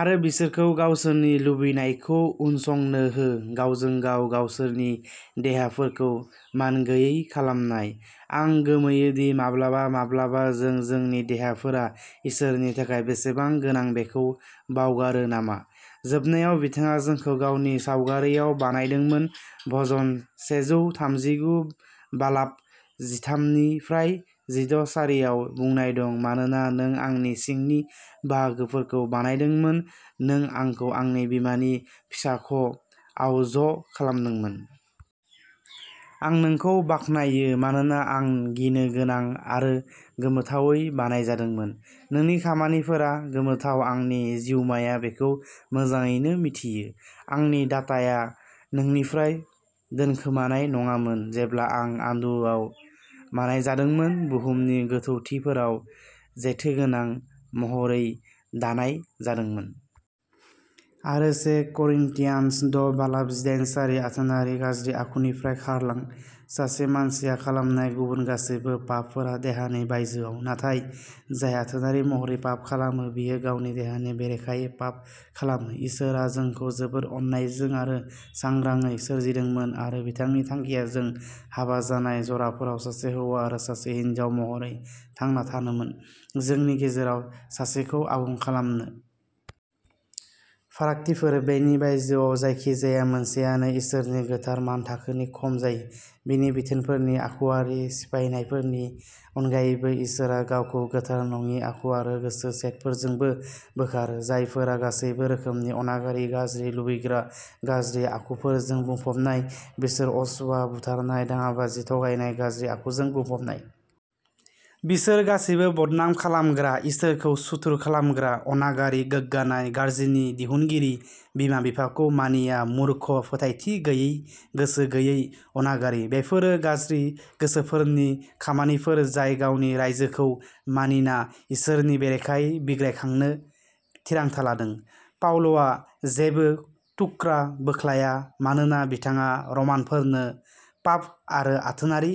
आरो बिसोरखौ गावसोरनि लुबैनायखौ उनसंनो हो गावजों गाव गावसोरनि देहाफोरखौ मानगैयै खालामनाय। आं गोमोयो दि माब्लाबा माब्लाबा जों जोंनि देहाफोरा इसोरनि थाखाय बेसेबां गोनां बेखौ बावगारो नामा? जोबनायाव बिथाङा जोंखौ गावनि सावगारिआव बानायदोंमोन भजन सेजौ थामजिगु बालाब जिथामनिफ्राइ जिद’ सारि आव बुंनाय दं मानोना नों आंनि सिंनि बाहागोफोरखौ बानायदोंमोन नों आंखौ आंनि बिमानि फिसाख'आव ज' खालामदोंमोन। आं नोंखौ बाख्नायो, मानोना आं गिनो गोनां आरो गोमोथावै बानायजादोंमोन। नोंनि खामानिफोरा गोमोथाव आंनि जिउमाया बेखौ मोजाङैनो मिथियो। आंनि दाथाया नोंनिफ्राय दोनखोमानाय नङामोन जेब्ला आं आन्दोआव बानायजादोंमोन, बुहुमनि गोथौथिफोराव जेथोगोनां महरै दानाय जादोंमोन'। आरो से करिन्थियान्स द’ बालाब जिदाइन सारि आथोनारि गाज्रि आखुनिफ्राय खारलां। सासे मानसिया खालामनाय गुबुन गासैबो पापफोरा देहानि बायजोआव, नाथाय जाय आथोनारि महरै पाप खालामो, बियो गावनि देहानि बेरेखायै फाफ खालामो। इसोरआ जोंखौ जोबोद अननायजों आरो सांग्राङै सोरजिदोंमोन आरो बिथांनि थांखिया जों हाबा जानाय जराफोराव सासे हौवा आरो सासे हिनजाव महरै थांना थानोमोन, जोंनि गेजेराव सासेखौ आबुं खालामनो। फारागथिफोर। बेनि बायजोआव जायखिजाया मोनसेआनो इसोरनि गोथार मानथाखोनि खम जायो। बिनि बिथोनफोरनि आखुयारि सिफायनायफोरनि अनगायैबो, इसोरआ गावखौ गोथार नङि आखु आरो गोसो सेटफोरजोंबो बोखारो, जायफोरा'गासैबो रोखोमनि अनागारि, गाज्रि, लुबैग्रा, गाज्रि आखुफोरजों बुंफबनाय। बिसोर असुया, बुथारनाय, दाङाबाजि, थगायनाय, गाज्रि आखुजों बुंफबनाय। बिसोर गासिबो, बदनाम खालामग्रा, इसोरखौ सुथुर खालामग्रा, अनागारि, गोग्गानाय, गाज्रिनि दिहुनगिरि बिमा-बिफाखौ मानिया, मुर्ख फोथायथि गैयै, गोसो गैयै, अनागारि। बेफोरो गाज्रि गोसोफोर'नि खामानिफोर जाय गावनि रायजोखौ मानिना इसोरनि बेरेखायै बिग्रायखांनो थिरांथा लादों। पाउलआ जेबो थुख्रा बोख्लाया मानोना बिथाङा रमानफोरनो पाप आरो आथोनारि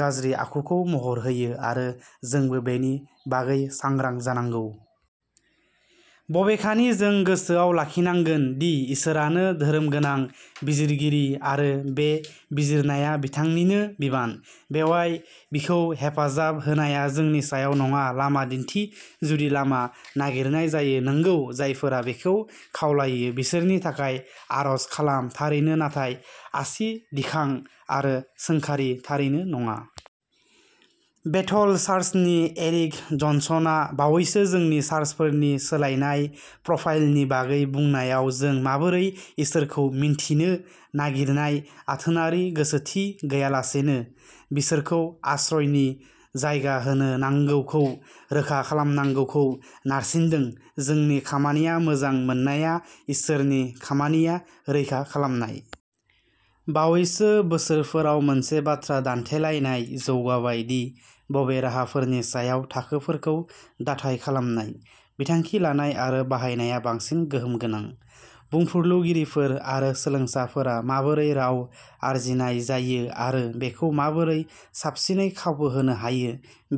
गाज्रि आखुखौ महर होयो आरो जोंबो बेनि बागै सांग्रां जानांगौ। बबेखानि, जों गोसोआव लाखिनांगोन दि इसोरानो धोरोमगोनां बिजिरगिरि आरो बे बिजिरनाया बिथांनिनो बिबान। बेयाव बिखौ हेफाजाब होनाया जोंनि सायाव नङा लामा दिन्थि जुदि लामा नागिरनाय जायो नंगौ जायफोरा बेखौ खावलायो, बिसोरनि थाखाय आर'ज खालाम थारैनो नाथाय आसि दिखां आरो सोंखारि थारैनो नङा। बेथेल चार्चनि एरिक जनसनआ, बावैसो जोंनि चार्चफोरनि सोलायनाय प्रफाइलनि बागै बुंनायाव, जों माबोरै इसोरखौ मिन्थिनो नागिरनाय आथोनारि गोसोथि गैयालासेनो, बिसोरखौ आश्रयनि जायगा होनो नांगौखौ रोखा खालामनांगौखौ नारसिनदों। जोंनि खामानिया मोजां मोननाया, इसोरनि खामानिया रैखा खालामनाय। बावैसो बोसोरफोराव मोनसे बाथ्रा दान्थेलायनाय जौगाबाय दि बबे राहाफोरनि सायाव थाखोफोरखौ दाथाय खालामनाय, बिथांखि लानाय आरो बाहायनाया बांसिन गोहोम गोनां। बुंफुरलुगिरिफोर आरो सोलोंसाफोरा माबोरै राव आरजिनाय जायो आरो बेखौ माबोरै साबसिनै खाबु होनो हायो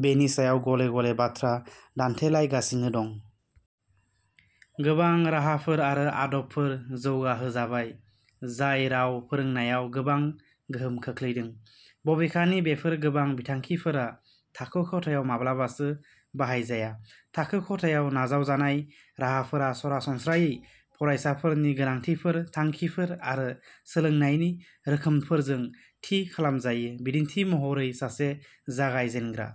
बेनि सायाव गले गले बाथ्रा दान्थेलायगासिनो दं। गोबां राहाफोर आरो आदबफोर जौगाहोजाबाय जाय राव फोरोंनायाव गोबां गोहोम खोख्लैदों, बबेखानि बेफोर गोबां बिखान्थिफोरा थाखो खथायाव माब्लाबासो बाहायजाया। थाखो खथायाव नाजावजानाय राहाफोरा सरासनस्रायै फरायसाफोरनि गोनांथिफोर, थांखिफोर आरो सोलोंनायनि रोखोमफोरजों थि खालामजायो। बिदिन्थि महरै सासे जागायजेनग्रा।